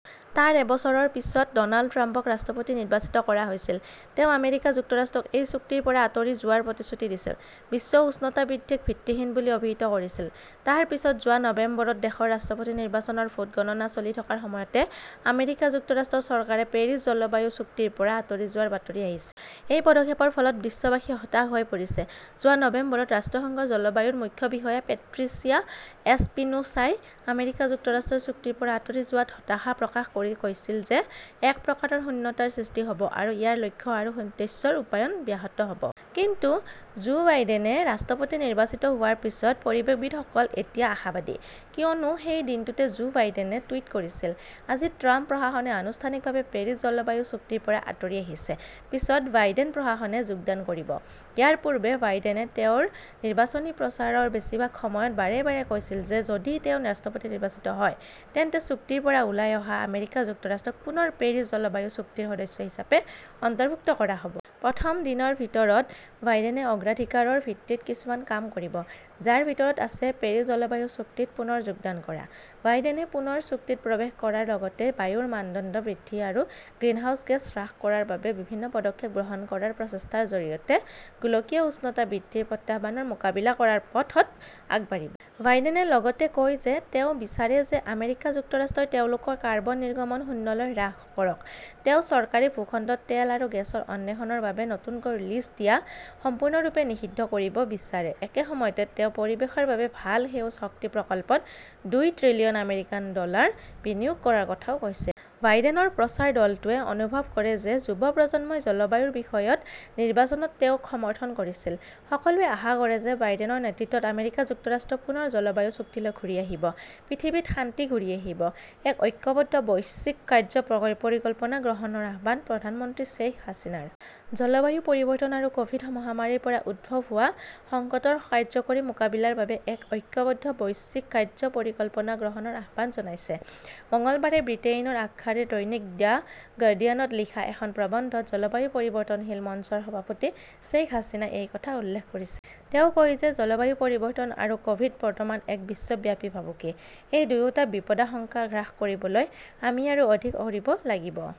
তাৰ এবছৰৰ পিছত ড 'নাল্ড ট্ৰাম্পক ৰাষ্ট্ৰপতি নিৰ্বাচিত কৰা হৈছিল। তেওঁ আমেৰিকা যুক্তৰাষ্ট্ৰক এই চুক্তিৰ পৰা আঁতৰি যোৱাৰ প্ৰতিশ্ৰুতি দিছিল, বিশ্ব উষ্ণতা বৃদ্ধিক 'ভিত্তিহীন' বুলি অভিহিত কৰিছিল। তাৰ পিছত যোৱা নৱেম্বৰত দেশত ৰাষ্ট্ৰপতি নিৰ্বাচনৰ ভোট গণনা চলি থকাৰ সময়তে আমেৰিকা যুক্তৰাষ্ট্ৰৰ চৰকাৰে পেৰিছ জলবায়ু চুক্তিৰ পৰা আঁতৰি যোৱাৰ বাতৰি আহিছিল। এই পদক্ষেপৰ ফলত বিশ্ববাসী হতাশ হৈ পৰিছে। যোৱা নৱেম্বৰত ৰাষ্ট্ৰসংঘৰ জলবায়ুৰ মুখ্য বিষয়া পেট্ৰিচিয়া এছপিনোছাই আমেৰিকা যুক্তৰাষ্ট্ৰই চুক্তিৰ পৰা আঁতৰি যোৱাত হতাশা প্ৰকাশ কৰি কৈছিল যে এক প্ৰকাৰৰ শূন্যতাৰ সৃষ্টি হ 'ব আৰু ইয়াৰ লক্ষ্য আৰু উদ্দেশ্যৰ ৰূপায়ণ ব্যাহত হ'ব। কিন্তু জো বাইডেনে ৰাষ্ট্ৰপতি নিৰ্বাচিত হোৱাৰ পিছত পৰিৱেশবিদসকল এতিয়া আশাবাদী। কিয়নো সেই দিনটোতে জো বাইডেনে টুইট কৰিছিল, "আজি ট্ৰাম্প প্ৰশাসনে আনুষ্ঠানিকভাৱে পেৰিছ জলবায়ু চুক্তিৰ পৰা আঁতৰি আহিছে। পিছত বাইডেন প্ৰশাসনে যোগদান কৰিব। " ইয়াৰ পূৰ্বে বাইডেনে তেওঁৰ নিৰ্বাচনী প্ৰচাৰৰ বেছিভাগ সময়ত বাৰে বাৰে কৈছিল যে যদি তেওঁ ৰাষ্ট্ৰপতি নিৰ্বাচিত হয় তেন্তে চুক্তিৰ পৰা ওলাই অহা আমেৰিকা যুক্তৰাষ্ট্ৰক পুনৰ পেৰিছ জলবায়ু চুক্তিৰ সদস্য হিচাপে অন্তৰ্ভুক্ত কৰা হ 'ব। প্ৰথম দিনৰ ভিতৰত বাইডেনে অগ্ৰাধিকাৰৰ ভিত্তিত কিছুমান কাম কৰিব, যাৰ ভিতৰত আছে পেৰিছ জলবায়ু চুক্তিত পুনৰ যোগদান কৰা। বাইডেনে পুনৰ চুক্তিত প্ৰৱেশ কৰাৰ লগতে বায়ুৰ মানদণ্ড বৃদ্ধি আৰু গ্ৰিনহাউজ গেছ হ্ৰাস কৰাৰ বাবে বিভিন্ন পদক্ষেপ গ্ৰহণ কৰাৰ প্ৰচেষ্টাৰ জৰিয়তে গোলকীয় উষ্ণতা বৃদ্ধিৰ প্ৰত্যাহ্বানৰ মোকাবিলা কৰাৰ পথত আগবাঢ়িব। বাইডেনে লগতে কয় যে তেওঁ বিচাৰে যে আমেৰিকা যুক্তৰাষ্ট্ৰই তেওঁলোকৰ কাৰ্বন নিৰ্গমন শূন্যলৈ হ্ৰাস কৰক। তেওঁ চৰকাৰী ভূখণ্ডত তেল আৰু গেছৰ অন্বেষণৰ বাবে নতুনকৈ লিজ দিয়া সম্পূৰ্ণৰূপে নিষিদ্ধ কৰিব বিচাৰে। একে সময়তে, তেওঁ পৰিৱেশৰ বাবে ভাল 'সেউজ শক্তি ' প্ৰকল্পত দুই ত্ৰিলিয়ন আমেৰিকান ডলাৰ বিনিয়োগ কৰাৰ কথাও কৈছিল। বাইডেনৰ প্ৰচাৰ দলটোৱে অনুভৱ কৰে যে যুৱ প্ৰজন্মই জলবায়ুৰ বিষয়ত নিৰ্বাচনত তেওঁক সমৰ্থন কৰিছিল। সকলোৱে আশা কৰে যে বাইডেনৰ নেতৃত্বত আমেৰিকা যুক্তৰাষ্ট্ৰ পুনৰ জলবায়ু চুক্তিলৈ ঘূৰি আহিব। পৃথিৱীত শান্তি ঘূৰি আহিব। এক ঐক্যবদ্ধ বৈশ্বিক কাৰ্য্য পৰিকল্পনা গ্ৰহণৰ আহ্বান প্ৰধানমন্ত্ৰী শ্বেইখ হাছিনাৰ। জলবায়ু পৰিৱৰ্তন আৰু ক'ভিড- মহামাৰীৰ পৰা উদ্ভৱ হোৱা সংকটৰ কাৰ্যকৰী মোকাবিলাৰ বাবে এক ঐক্যবদ্ধ বৈশ্বিক কাৰ্য্য পৰিকল্পনা গ্ৰহণৰ আহ্বান জনাইছে। মঙলবাৰে ব্ৰিটেইনৰ আগশাৰীৰ দৈনিক দ্য গাৰ্ডিয়ানত লিখা এখন প্ৰবন্ধত জলবায়ু পৰিৱৰ্তনশীল মঞ্চৰ সভাপতি শ্বেইখ হাছিনাই এই কথা উল্লেখ কৰিছিল। তেওঁ কয় যে জলবায়ু পৰিৱৰ্তন আৰু ক'ভিড- বৰ্তমান এক বিশ্বব্যাপী ভাবুকি। এই দুয়োটা বিপদাশংকা হ্ৰাস কৰিবলৈ আমি আৰু অধিক কৰিব লাগিব।